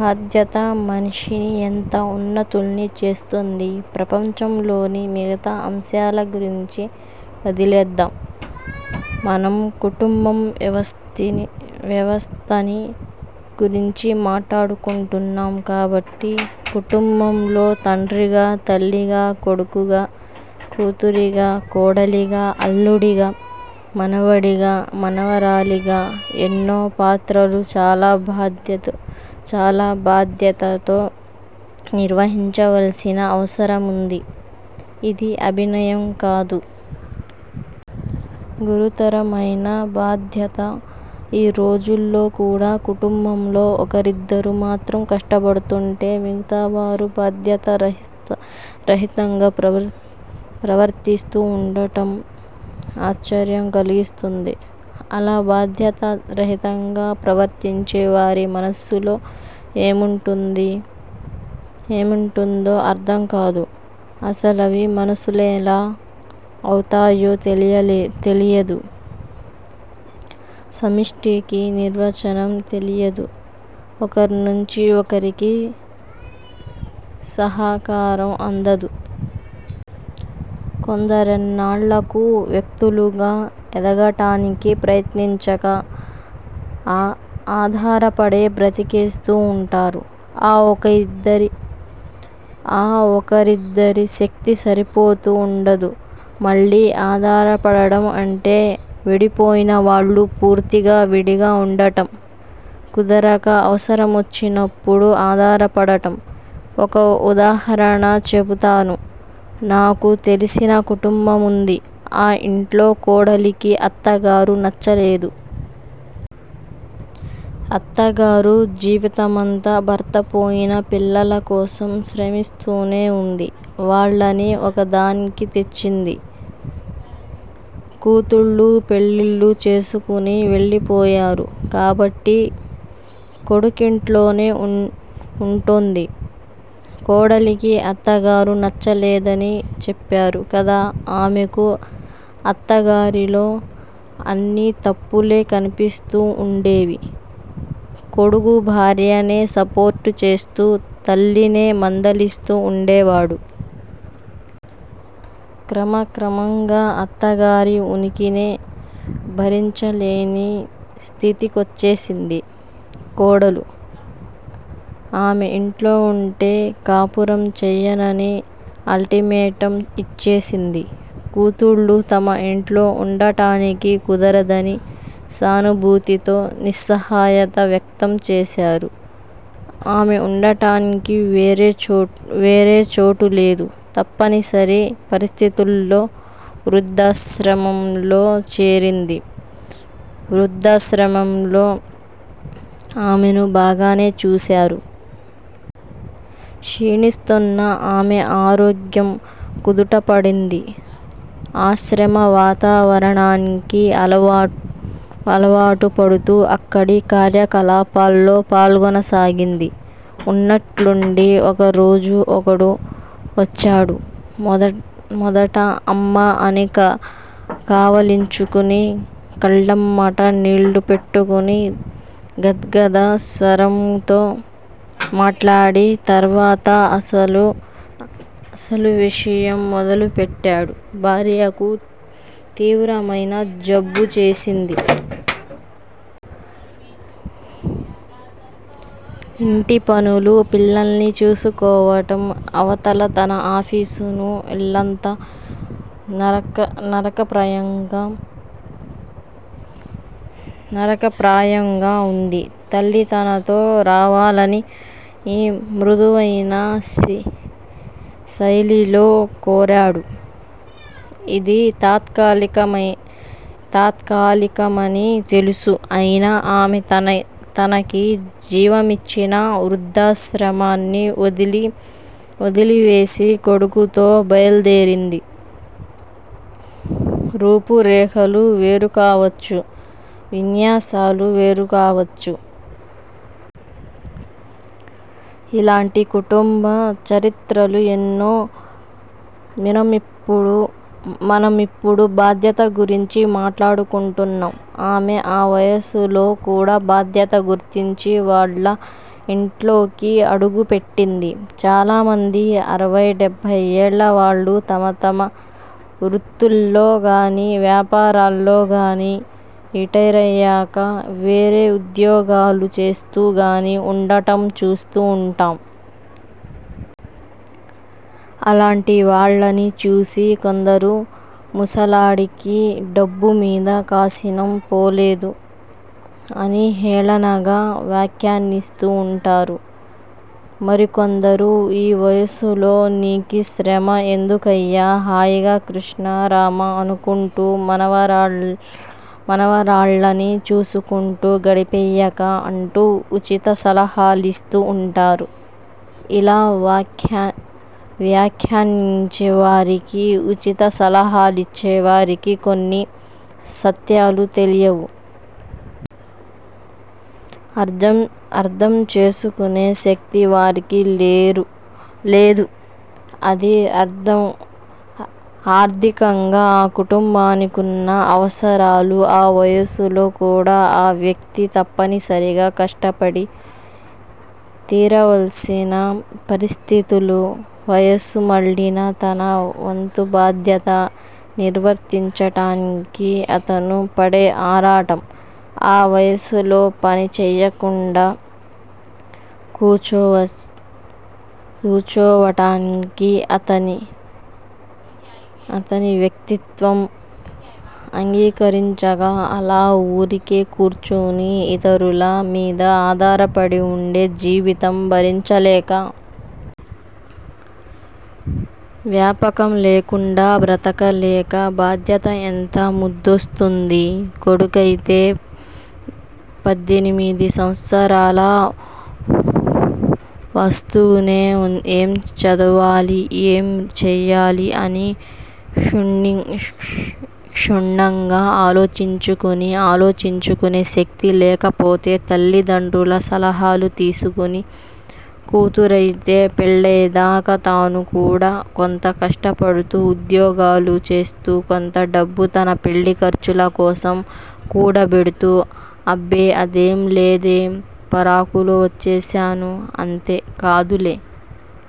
బాధ్యత మనిషిని ఎంత వున్నతుల్ని చేస్తుంది! ప్రపంచంలోని మిగతా అంశాల గురించి వదిలేద్దాం. మనం కుటుంబ వ్యవస్థని గురించి మాట్లాడుకుంటున్నాం కాబట్టి. కుటుంబంలో తండ్రిగా, తల్లిగా, కొడుకుగా, కూతురిగా, కోడలిగా, అల్లుడిగా, మనవడిగా, మనవరాలిగా, ఎన్నో పాత్రలు చాలా బాధ్యతతో నిర్వహించవలసిన అవసరముంది. ఇది అభినయం కాదు. గురుతరమైన బాధ్యత. ఈ రోజుల్లో కూడ కుటుంబంలో ఒకరిద్దరు మాత్రం కష్టపడుతూంటే మిగతావారు బాధ్యతా రహితంగా ప్రవర్తిస్తూ వుండటం ఆశ్చర్యం కలిగిస్తుంది. ఇలా బాధ్యతా రహితంగా ప్రవర్తించే వారి మనస్సులో ఏముంటుందో అర్ధం కాదు. అసలవి మనసులెలా అవుతాయో తెలియదు. 'సమిష్టి'కి నిర్వచనం తెలియదు. ఒకర్నుంచి ఒకరికి సహకారం అందదు. కొందరెన్నాళ్ళకూ వ్యక్తులుగా ఎదగటానికి ప్రయత్నించక ఆధారపడే బ్రతికేస్తూ వుంటారు. ఆ ఒకరిద్దరి శక్తి సరిపోతూ వుండదు. మళ్ళీ ఆధారపడడం. అంటే విడిపోయిన వాళ్ళు పూర్తిగా విడిగా వుండటం కుదరక అవసరమొచ్చినప్పుడు ఆధారపడటం. ఒక ఉదాహరణ చెబుతాను. నాకు తెలిసిన కుటుంబముంది. ఆ యింట్లో కోడలికి అత్తగారు నచ్చలేదు. అత్తగారు జీవితమంతా భర్తపోయినా పిల్లలకోసం శ్రమిస్తూనే వుంది. వాళ్ళని ఒకదారికి తెచ్చింది. కూతుళ్ళు పెళ్ళిళ్ళు చేసుకుని వెళ్ళిపోయారు. కాబట్టి కొడుకింట్లోనే వుంటోంది. కోడలికి అత్తగారు నచ్చలేదని చెప్పారు కదా. ఆమెకు అత్తగారిలో అన్నీ తప్పులే కనిపిస్తూ వుండేవి. కొడుకు భార్యనే సపోర్ట్ చేస్తూ తల్లినే మందలిస్తూ వుండేవాడు. క్రమక్రమంగా అత్తగారి ఉనికినే భరించలేని స్థితికొచ్చేసింది కోడలు. ఆమె యింట్లో వుంటే కాపురం చెయ్యనని అల్టిమేటమ్ యిచ్చేసింది. కూతుళ్ళు తమ యింట్లో వుండటానికి కుదరదని సానుభూతితో నిస్సహాయత వ్యక్తం చేశారు. ఆమె వుండటానికి వేరే చోటులేదు. తప్పనిసరి పరిస్థితుల్లో వృద్దాశ్రమంలో చేరింది. వృద్దాశ్రమంలో ఆమెను బాగానే చూశారు. క్షీణిస్తోన్న ఆమె ఆరోగ్యం కుదుటపడింది. ఆశ్రమ వాతావరణానికి అలవాటు పడుతూ అక్కడి కార్యకలాపాల్లో పాల్గొనసాగింది. ఉన్నట్లుండి ఒక రోజు కొడుకు వచ్చాడు. మొదట 'అమ్మా'అని కావలించుకుని, కళ్ళమ్మట నీళ్ళు పెట్టుకుని, గద్గద స్వరంతో మాట్లాడి తర్వాత అసలు విషయం మొదలుపెట్టాడు. భార్యకు తీవ్రమైన జబ్బు చేసింది. ఇంటి పనులూ, పిల్లల్ని చూసుకోవటం, అవతల తన ఆఫీసు ఇల్లంతా నరకప్రాయంగా వుంది. తల్లి తనతో రావాలని మృదువైన శైలిలో కోరాడు. ఇది తాత్కాలికమని తెలుసు. అయినా ఆమె తనకి జీవమిచ్చిన వృద్దాశ్రమాన్ని వొదిలి వేసి కొడుకుతో బయల్దేరింది. రూపు రేఖలు వేరుకావచ్చు. విన్యాసాలు వేరుకావచ్చు. ఇలాంటి కుటుంబ చరిత్రలు ఎన్నో. మనమిప్పుడు బాధ్యత గురించి మాట్లాడుకుంటున్నాం ఆమె ఆ వయసులో కూడ బాధ్యత గుర్తించి వాళ్ళ ఇంట్లోకి అడుగుపెట్టింది. చాలామంది అరవై, డెబ్బై ఏళ్ల వాళ్ళు తమ తమ వృత్తుల్లో గాని, వ్యాపారాల్లో గాని, రిటైరయాక వేరే ఉద్యోగాలు చేస్తూ గాని వుండటం చూస్తూ వుంటాం. అలాంటి వాళ్ళని చూసి కొందరు ముసలాడికి డబ్బుమీద కాసినం పోలేదు అని హేళనగా వ్యాఖ్యానిస్తూ వుంటారు. మరికొందరు, యీ వయసులో నీకీ శ్రమ ఎందుకయ్యా హాయిగా కృష్ణా రామా అనుకుంటూ, మనవరాళ్ళని చూసుకుంటూ గడిపెయ్యక, అంటూ ఉచిత సలహాలిస్తూ వుంటారు. ఇలా వ్యాఖ్యానించే వారికి, ఉచిత సలహాలిచ్చే వారికి కొన్ని సత్యాలు తెలియవు. అర్ధం చేసుకునే శక్తి వారికి లేదు. అది ఆర్ధికంగా ఆ కుటుంబానికున్న అవసరాలు ఆ వయసులో కూడా ఆ వ్యక్తి తప్పనిసరిగా కష్టపడి తీరవలసిన పరిస్థితులు. వయసు మళ్ళినా తన వంతు బాధ్యత నిర్వర్తించటానికి అతను పడే ఆరాటం. ఆ వయసులో పని చెయ్యకుండా కూచోవటానికి అతని వ్యక్తిత్వం అమ్గీకరించక, అలా వూరికే కూర్చుని యితరుల మీద ఆధారపడి వుండే జీవితం భరించలేక. వ్యాపకం లేకుండా బ్రతకలేక. బాధ్యత! ఎంత ముద్దొస్తుంది? కొడుకైతే పద్దెనిమిది సంవత్సరాలు వస్తూనే ఏం చదవాలి, ఏం చేయాలి అని క్షుణ్ణంగా ఆలోచించుకుని, ఆలోచించుకునే శక్తి లేకపోతే తల్లిదండ్రుల సలహాలు తీసుకుని, కూతురయితే పెళ్ళయేదాకా తాను కూడా కొంత కష్టపడుతూ ఉద్యోగాలు చేస్తూ, కొంత డబ్బు తన పెళ్ళి ఖర్చుల కోసం కూడబెడుతూ. అబ్బే అదేం లేదే? పరాకులో వచ్చేశాను! అంతే! కాదులే!